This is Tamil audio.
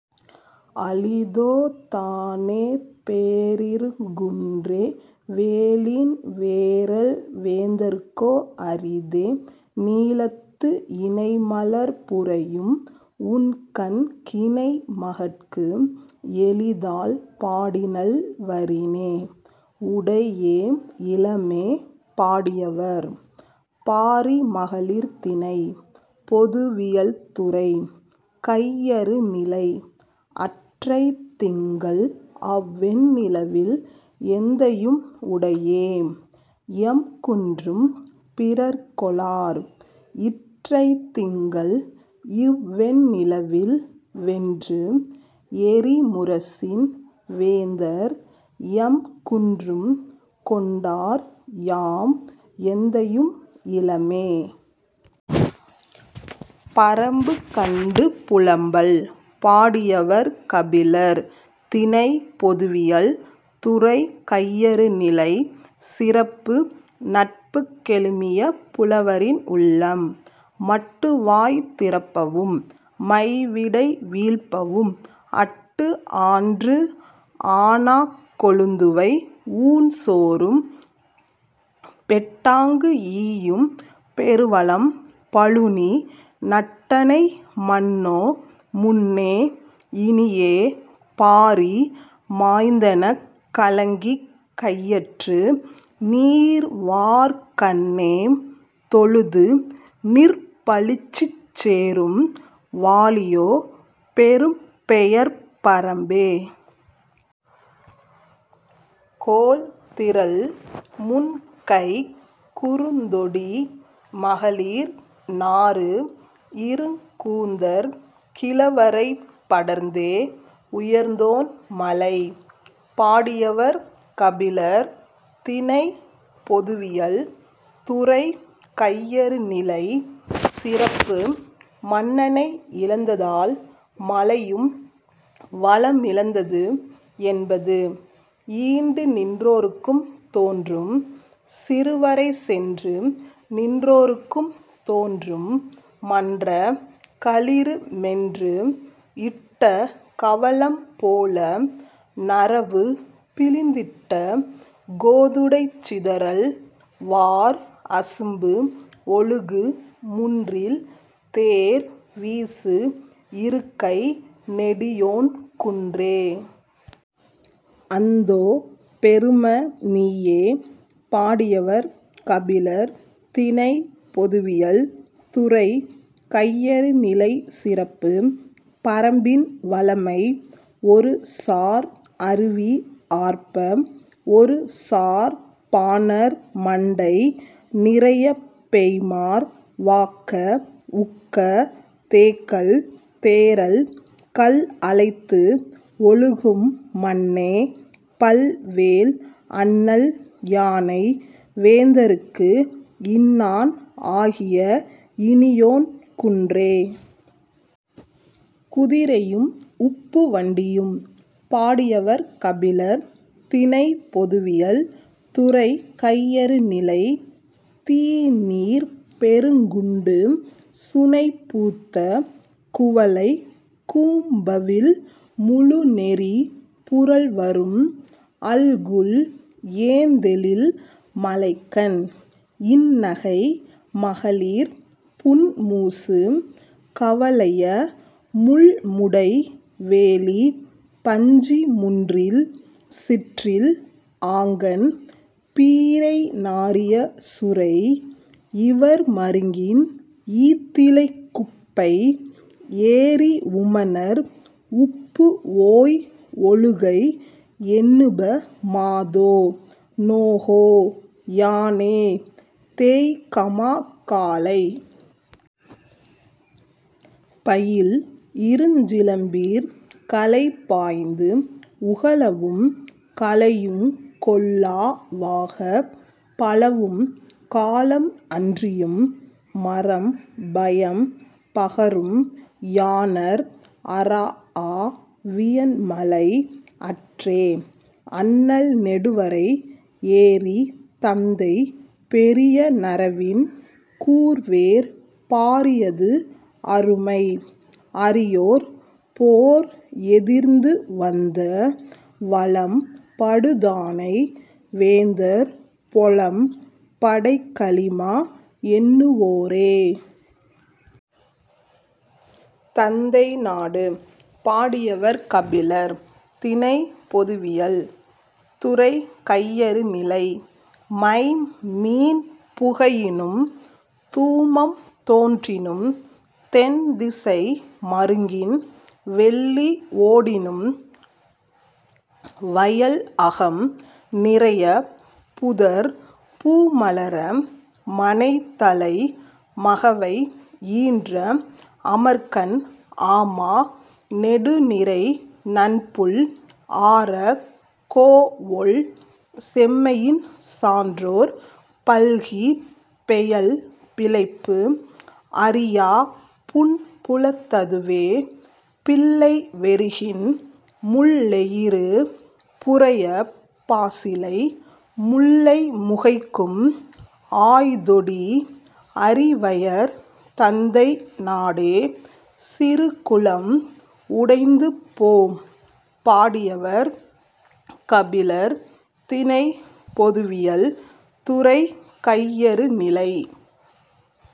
அளிதோ தானே, பேரிருங் குன்றே! வேலின் வேறல் வேந்தர்க்கோ அரிதே; நீலத்து, இணை மலர் புரையும் உண்கண் கிணை மகட்கு எளிதால், பாடினள் வரினே.. உடையேம் இலமே! பாடியவர்: பாரி மகளிர் திணை: பொதுவியல் துறை: கையறு நிலை அற்றைத் திங்கள் அவ் வெண் நிலவில், எந்தையும் உடையேம்; எம் குன்றும் பிறர் கொளார்; இற்றைத் திங்கள் இவ் வெண் நிலவில், வென்று எறி முரசின் வேந்தர் எம் குன்றும் கொண்டார்; யாம் எந்தையும் இலமே!. பறம்பு கண்டு புலம்பல்! பாடியவர்: கபிலர். திணை: பொதுவியல். துறை: கையறுநிலை. சிறப்பு: நட்புக் கெழுமிய புலவரின் உள்ளம். மட்டு வாய் திறப்பவும், மை விடை வீழ்ப்பவும், அட்டு ஆன்று ஆனாக் கொழுந் துவை ஊன் சோறும் பெட்டாங்கு ஈயும் பெருவளம் பழுனி, நட்டனை மன்னோ, முன்னே; இனியே, பாரி மாய்ந்தெனக், கலங்கிக் கையற்று, நீர் வார் கண்ணேம் தொழுது நிற் பழிச்சிச் சேறும் வாழியோ பெரும்பெயர்ப் பறம்பே! கோல் திரள் முன்கைக் குறுந் தொடி மகளிர் நாறு இருங் கூந்தற் கிழவரைப் படர்ந்தே.. உயர்ந்தோன் மலை! பாடியவர்: கபிலர் திணை: பொதுவியல் துறை: கையறுநிலை சிறப்பு: மன்னனை இழந்ததால் மலையும் வளமிழந்தது என்பது. ஈண்டு நின் றோர்க்கும் தோன்றும்; சிறு வரை சென்று நின் றோர்க்கும் தோன்றும், மன்ற; களிறு மென்று இட்ட கவளம் போல, நறவுப் பிழிந் திட்ட கோதுடைச் சிதறல் வார் அசும்பு ஒழுகு முன்றில், தேர் வீசு இருக்கை, நெடியோன் குன்றே.. அந்தோ பெரும நீயே! பாடியவர்: கபிலர் திணை: பொதுவியல் துறை: கையறுநிலை சிறப்பு: பறம்பின் வளமை. ஒரு சார் அருவி ஆர்ப்ப, ஒரு சார் பாணர் மண்டை நிறையப் பெய்ம்மார், வாக்க உக்க தேக் கள் தேறல் கல்அலைத்து ஒழுகும் மன்னே! பல் வேல், அண்ணல் யானை, வேந்தர்க்கு இன்னான் ஆகிய இனியோன் குன்றே!. குதிரையும் உப்புவண்டியும்! பாடியவர்: கபிலர் திணை: பொதுவியல் துறை: கையறுநிலை தீநீர்ப் பெருங் குண்டு சுனைப் பூத்த குவளைக் கூம்பவிழ் முழுநெறி புரள்வரும் அல்குல், ஏந்தெழில் மழைக் கண், இன் நகை, மகளிர் புன் மூசு கவலைய முள் முடை வேலிப், பஞ்சி முன்றில், சிற்றில் ஆங்கண், பீரை நாறிய சுரை இவர் மருங்கின், ஈத்திலைக் குப்பை ஏறி உமணர் உப்பு ஓய் ஒழுகை எண்ணுப மாதோ; நோகோ யானே; தேய்கமா காலை! பயில் இருஞ் சிலம்பிற் கலை பாய்ந்து உகளவும், கலையுங் கொள்ளா வாகப், பலவும் காலம் அன்றியும் மரம் பயம் பகரும் யாணர் அறாஅ வியன்மலை அற்றே அண்ணல் நெடுவரை ஏறித், தந்தை பெரிய நறவின், கூர் வேற் பாரியது அருமை அறியார் போர் எதிர்ந்து வந்த வலம் படுதானை வேந்தர் பொலம் படைக் கலிமா எண்ணு வோரே.. தந்தை நாடு! பாடியவர்: கபிலர் திணை: பொதுவியல் துறை: கையறுநிலை மைம் மீன் புகையினும், தூமம் தோன்றினும், தென் திசை மருங்கின் வெள்ளி ஓடினும், வயல்அகம் நிறையப், புதற்பூ மலர, மனைத்தலை மகவை ஈன்ற அமர்க்கண் ஆமா நெடு நிறை நன்புல் ஆரக், கோஒல் செம்மையின் சான்றோர் பல்கிப், பெயல் பிழைப்பு அறியாப் புன்புலத் ததுவே; பிள்ளை வெருகின் முள் லெயிறு புரையப் பாசிலை முல்லை முகைக்கும் ஆய் தொடி அரிவையர் தந்தை நாடே.. சிறுகுளம் உடைந்துபோம்! பாடியவர்: கபிலர் திணை: பொதுவியல் துறை: கையறுநிலை